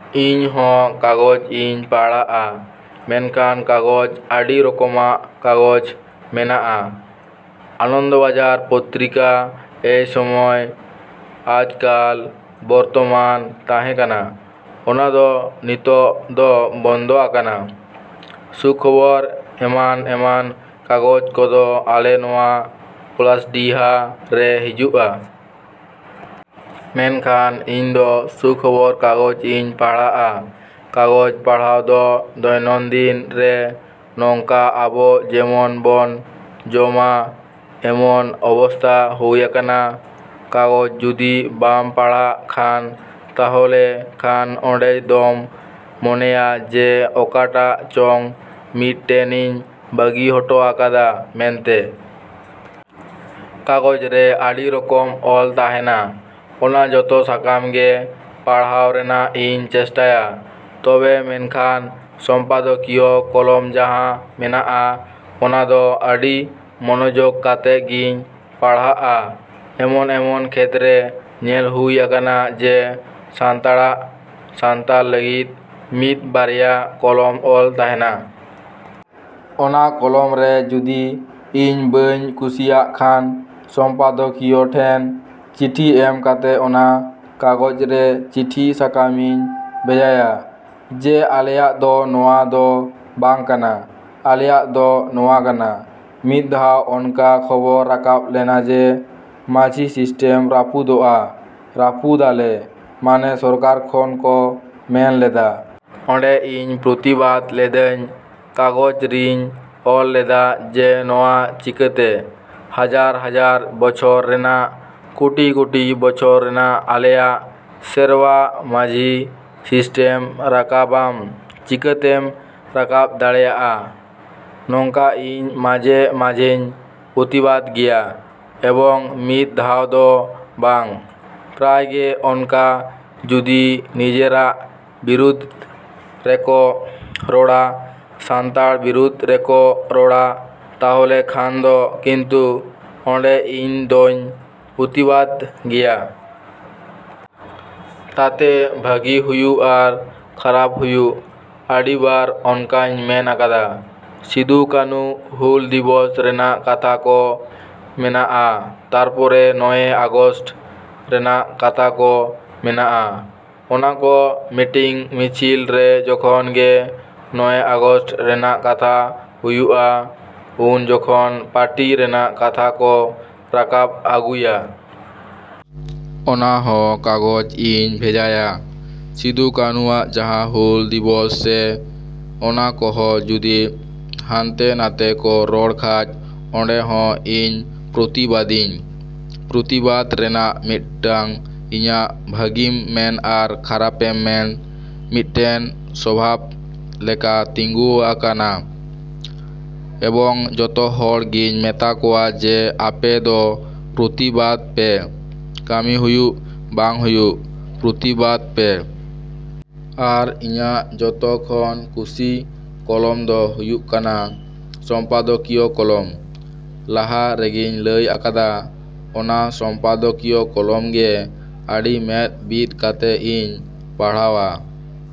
‎᱾ ᱤᱧ ᱦᱚᱸ ᱠᱟᱜᱚᱡᱽ ᱤᱧ ᱯᱟᱲᱦᱟᱜᱼᱟ, ᱢᱮᱱᱠᱷᱟᱱ ᱠᱟᱜᱚᱡᱽ ᱟᱹᱰᱤ ᱨᱚᱠᱚᱢᱟᱜ ᱠᱟᱜᱚᱡᱽ ᱢᱮᱱᱟᱜᱼᱟ᱾ ᱟᱱᱚᱱᱫᱚᱵᱟᱡᱟᱨ ᱯᱚᱛᱨᱤᱠᱟ, ᱮᱭ ᱥᱚᱢᱚᱭ, ᱟᱡᱽᱠᱟᱞ, ᱵᱚᱨᱛᱚᱢᱟᱱ ᱛᱟᱦᱮᱸ ᱠᱟᱱᱟ, ᱚᱱᱟ ᱫᱚ ᱱᱤᱛᱚᱜ ᱫᱚ ᱵᱚᱱᱫᱚ ᱟᱠᱟᱱᱟ, ᱥᱩᱠᱷᱚᱵᱚᱨ ᱮᱢᱟᱱ ᱮᱢᱟᱱ ᱠᱟᱜᱚᱡᱽ ᱠᱚᱫᱚ ᱟᱞᱮ ᱱᱚᱣᱟ ᱯᱚᱞᱟᱥᱰᱤᱦᱟ ᱨᱮ ᱦᱤᱡᱩᱜᱼᱟ᱾ ᱢᱮᱱᱠᱷᱟᱱ ᱤᱧ ᱫᱚ ᱥᱩᱠᱷᱚᱵᱚᱨ ᱠᱟᱜᱚᱡᱽ ᱤᱧ ᱯᱟᱲᱦᱟᱜᱼᱟ᱾ ᱠᱟᱜᱚᱡᱽ ᱯᱟᱲᱦᱟᱣ ᱫᱚ ᱫᱚᱭᱱᱚᱱᱫᱤᱱ ᱨᱮ ᱱᱚᱝᱠᱟ ᱟᱵᱚ ᱡᱮᱢᱚᱱ ᱵᱚᱱ ᱡᱚᱢᱟ, ᱮᱢᱚᱱ ᱚᱵᱚᱥᱛᱷᱟ ᱦᱩᱭ ᱟᱠᱟᱱᱟ᱾ ᱠᱟᱜᱚᱡᱽ ᱡᱚᱫᱤ ᱵᱟᱢ ᱯᱟᱲᱦᱟᱜ ᱠᱷᱟᱱ ᱛᱟᱦᱚᱞᱮ ᱠᱷᱟᱱ ᱚᱸᱰᱮ ᱫᱚᱢ ᱢᱚᱱᱮᱭᱟ ᱡᱮ ᱚᱠᱟᱴᱟᱜ ᱪᱚᱝ ᱢᱤᱫᱴᱮᱱᱤᱧ ᱵᱟᱹᱜᱤ ᱦᱚᱴᱚ ᱟᱠᱟᱫᱟ ᱢᱮᱱᱛᱮ᱾ ᱠᱟᱜᱚᱡᱽ ᱨᱮ ᱟᱹᱰᱤ ᱨᱚᱠᱚᱢ ᱚᱞ ᱛᱟᱦᱮᱱᱟ, ᱚᱱᱟ ᱡᱚᱛᱚ ᱥᱟᱠᱟᱢ ᱜᱮ ᱯᱟᱲᱦᱟᱣ ᱨᱮᱱᱟᱜ ᱤᱧ ᱪᱮᱥᱴᱟᱭᱟ᱾ ᱛᱚᱵᱮ ᱢᱮᱱᱠᱷᱟᱱ ᱥᱚᱢᱯᱟᱫᱚᱠᱤᱭᱚ ᱠᱚᱞᱚᱢ ᱡᱟᱦᱟᱸ ᱢᱮᱱᱟᱜᱼᱟ ᱚᱱᱟ ᱫᱚ ᱟᱹᱰᱤ ᱢᱚᱱᱚᱡᱳᱜᱽ ᱠᱟᱛᱮ ᱜᱤᱧ ᱯᱟᱲᱦᱟᱜᱼᱟ᱾ ᱮᱢᱚᱱ ᱮᱢᱚᱱ ᱠᱷᱮᱛᱨᱮ ᱧᱮᱞ ᱦᱩᱭ ᱟᱠᱟᱱᱟ ᱡᱮ ᱥᱟᱱᱛᱟᱲᱟᱜ, ᱥᱟᱱᱛᱟᱞ ᱞᱟᱹᱜᱤᱫ ᱢᱤᱫ ᱵᱟᱨᱭᱟ ᱠᱚᱞᱚᱢ ᱚᱞ ᱛᱟᱦᱮᱱᱟ᱾ ᱚᱱᱟ ᱠᱚᱞᱚᱢ ᱨᱮ ᱡᱚᱫᱤ ᱤᱧ ᱵᱟᱹᱧ ᱠᱩᱥᱤᱭᱟᱜ ᱠᱷᱟᱱ ᱥᱚᱢᱯᱟᱫᱚᱠᱤᱭᱚ ᱴᱷᱮᱱ ᱪᱤᱴᱷᱤ ᱮᱢ ᱠᱟᱛᱮ ᱚᱱᱟ ᱠᱟᱜᱚᱡᱽ ᱨᱮ ᱪᱤᱴᱷᱤ ᱥᱟᱠᱟᱢᱤᱧ ᱵᱷᱮᱡᱟᱭᱟ ᱡᱮ ᱟᱞᱮᱭᱟᱜ ᱫᱚ ᱱᱚᱣᱟ ᱫᱚ ᱵᱟᱝ ᱠᱟᱱᱟ, ᱟᱞᱮᱭᱟᱜ ᱫᱚ ᱱᱚᱣᱟ ᱠᱟᱱᱟ᱾ ᱢᱤᱫ ᱫᱷᱟᱣ ᱚᱱᱠᱟ ᱠᱷᱚᱵᱚᱨ ᱨᱟᱠᱟᱵ ᱞᱮᱱᱟ ᱡᱮ ᱢᱟᱹᱡᱷᱤ ᱥᱤᱥᱴᱮᱢ ᱨᱟᱹᱯᱩᱫᱚᱜᱼᱟ, ᱨᱟᱹᱯᱩᱫᱟᱞᱮ ᱢᱟᱱᱮ ᱥᱚᱨᱠᱟᱨ ᱠᱷᱚᱱ ᱠᱚ ᱢᱮᱱ ᱞᱮᱫᱟ᱾ ᱚᱸᱰᱮ ᱤᱧ ᱯᱨᱚᱛᱤᱵᱟᱫᱽ ᱞᱮᱫᱟᱹᱧ, ᱠᱟᱜᱚᱡᱽ ᱨᱤᱧ ᱚᱞ ᱞᱮᱫᱟ ᱡᱮ ᱱᱚᱣᱟ ᱪᱤᱠᱟᱹᱛᱮ? ᱦᱟᱡᱟᱨ ᱦᱟᱡᱟᱨ ᱵᱚᱪᱷᱚᱨ ᱨᱮᱱᱟᱜ, ᱠᱳᱴᱤ ᱠᱳᱴᱤ ᱵᱚᱪᱷᱚᱨ ᱨᱮᱱᱟᱜ ᱟᱞᱮᱭᱟᱜ ᱥᱮᱨᱣᱟ ᱢᱟᱹᱡᱷᱤ ᱥᱤᱥᱴᱮᱢ ᱨᱟᱠᱟᱵᱟᱢ ᱪᱤᱠᱟᱹᱛᱮᱢ ᱨᱟᱠᱟᱵ ᱫᱟᱲᱮᱭᱟᱜᱼᱟ? ᱱᱚᱝᱠᱟ ᱤᱧ ᱢᱟᱡᱮ ᱢᱟᱡᱮᱧ ᱯᱨᱚᱛᱤᱵᱟᱫᱽ ᱜᱮᱭᱟ ᱮᱵᱚᱝ ᱢᱤᱫ ᱫᱷᱟᱣ ᱫᱚ ᱵᱟᱝ, ᱯᱨᱟᱭ ᱜᱮ ᱚᱱᱠᱟ ᱡᱚᱫᱤ ᱱᱤᱡᱮᱨᱟᱜ ᱵᱤᱨᱩᱫᱽ ᱨᱮᱠᱚ ᱨᱚᱲᱟ, ᱥᱟᱱᱛᱟᱲ ᱵᱤᱨᱩᱫᱽ ᱨᱮᱠᱚ ᱨᱚᱲᱟ ᱛᱟᱦᱚᱞᱮ ᱠᱷᱟᱱ ᱫᱚ ᱠᱤᱱᱛᱩ ᱚᱸᱰᱮ ᱤᱧ ᱫᱚᱧ ᱯᱨᱚᱛᱤᱵᱟᱫᱽ ᱜᱮᱭᱟ᱾ ᱛᱟᱛᱮ ᱵᱷᱟᱹᱜᱤ ᱦᱩᱭᱩᱜ ᱟᱨ ᱠᱷᱟᱨᱟᱯ ᱦᱩᱭᱩᱜ᱾ ᱟᱹᱰᱤ ᱵᱟᱨ ᱚᱱᱠᱟᱧ ᱢᱮᱱ ᱟᱠᱟᱫᱟ᱾ ᱥᱤᱫᱩ ᱠᱟᱱᱩ ᱦᱩᱞ ᱫᱤᱵᱚᱥ ᱨᱮᱱᱟᱜ ᱠᱟᱛᱷᱟ ᱠᱚ ᱢᱮᱱᱟᱜᱼᱟ, ᱛᱟᱨᱯᱚᱨᱮ ᱱᱚᱭᱮ ᱟᱜᱚᱥᱴ ᱨᱮᱱᱟᱜ ᱠᱟᱛᱷᱟ ᱠᱚ ᱢᱮᱱᱟᱜᱼᱟ᱾ ᱚᱱᱟᱠᱚ ᱢᱤᱴᱤᱝ ᱢᱤᱪᱷᱤᱞ ᱨᱮ ᱡᱚᱠᱷᱚᱱ ᱜᱮ ᱱᱚᱭᱮ ᱟᱜᱚᱥᱴ ᱨᱮᱱᱟᱜ ᱠᱟᱛᱷᱟ ᱦᱩᱭᱩᱜᱼᱟ, ᱩᱱ ᱡᱚᱠᱷᱚᱱ ᱯᱟᱴᱤ ᱨᱮᱱᱟᱜ ᱠᱟᱛᱷᱟ ᱠᱚ ᱨᱟᱠᱟᱵ ᱟᱹᱜᱩᱭᱟ᱾ ᱚᱱᱟ ᱦᱚᱸ ᱠᱟᱜᱚᱡᱽ ᱤᱧ ᱵᱷᱮᱡᱟᱭᱟ᱾ ᱥᱤᱫᱩ ᱠᱟᱱᱩᱣᱟᱜ ᱡᱟᱦᱟᱸ ᱦᱩᱞ ᱫᱤᱵᱚᱥ ᱨᱮ ᱚᱱᱟ ᱠᱚᱦᱚ ᱡᱚᱫᱤ ᱦᱟᱱᱛᱮ ᱱᱟᱛᱮ ᱠᱚ ᱨᱚᱲ ᱠᱷᱟᱡ ᱚᱸᱰᱮ ᱦᱚᱸ ᱤᱧ ᱯᱨᱚᱛᱤᱵᱟᱫᱤᱧ᱾ ᱯᱨᱚᱛᱤᱵᱟᱫᱽ ᱨᱮᱱᱟᱜ ᱢᱤᱫᱴᱟᱝ ᱤᱧᱟᱹᱜ ᱵᱷᱟᱹᱜᱤᱢ ᱢᱮᱱ ᱟᱨ ᱠᱷᱟᱨᱟᱯᱮᱢ ᱢᱮᱱ, ᱢᱤᱫᱴᱮᱱ ᱥᱚᱵᱷᱟᱵᱽ ᱞᱮᱠᱟ ᱛᱤᱸᱜᱩᱣ ᱟᱠᱟᱱᱟ ᱮᱵᱚᱝ ᱡᱚᱛᱚ ᱦᱚᱲ ᱜᱤᱧ ᱢᱮᱛᱟ ᱠᱚᱣᱟ ᱡᱮ ᱟᱯᱮ ᱫᱚ ᱯᱨᱚᱛᱤᱵᱟᱫᱽ ᱯᱮ, ᱠᱟᱹᱢᱤ ᱦᱩᱭᱩᱜ ᱵᱟᱝ ᱦᱩᱭᱩᱜ ᱯᱨᱚᱛᱤᱵᱟᱫᱽ ᱯᱮ᱾ ᱟᱨ ᱤᱧᱟᱹᱜ ᱡᱚᱛᱚ ᱠᱷᱚᱱ ᱠᱩᱥᱤ ᱠᱚᱞᱚᱢ ᱫᱚ ᱦᱩᱭᱩᱜ ᱠᱟᱱᱟ ᱥᱚᱢᱯᱟᱫᱚᱠᱤᱭᱚ ᱠᱚᱞᱚᱢ, ᱞᱟᱦᱟ ᱨᱮᱜᱤᱧ ᱞᱟᱹᱭ ᱟᱠᱟᱫᱟ᱾ ᱚᱱᱟ ᱥᱚᱢᱯᱟᱫᱚᱠᱤᱭᱚ ᱠᱚᱞᱚᱢ ᱜᱮ ᱟᱹᱰᱤ ᱢᱮᱫ ᱵᱤᱫ ᱠᱟᱛᱮ ᱤᱧ ᱯᱟᱲᱦᱟᱣᱟ᱾।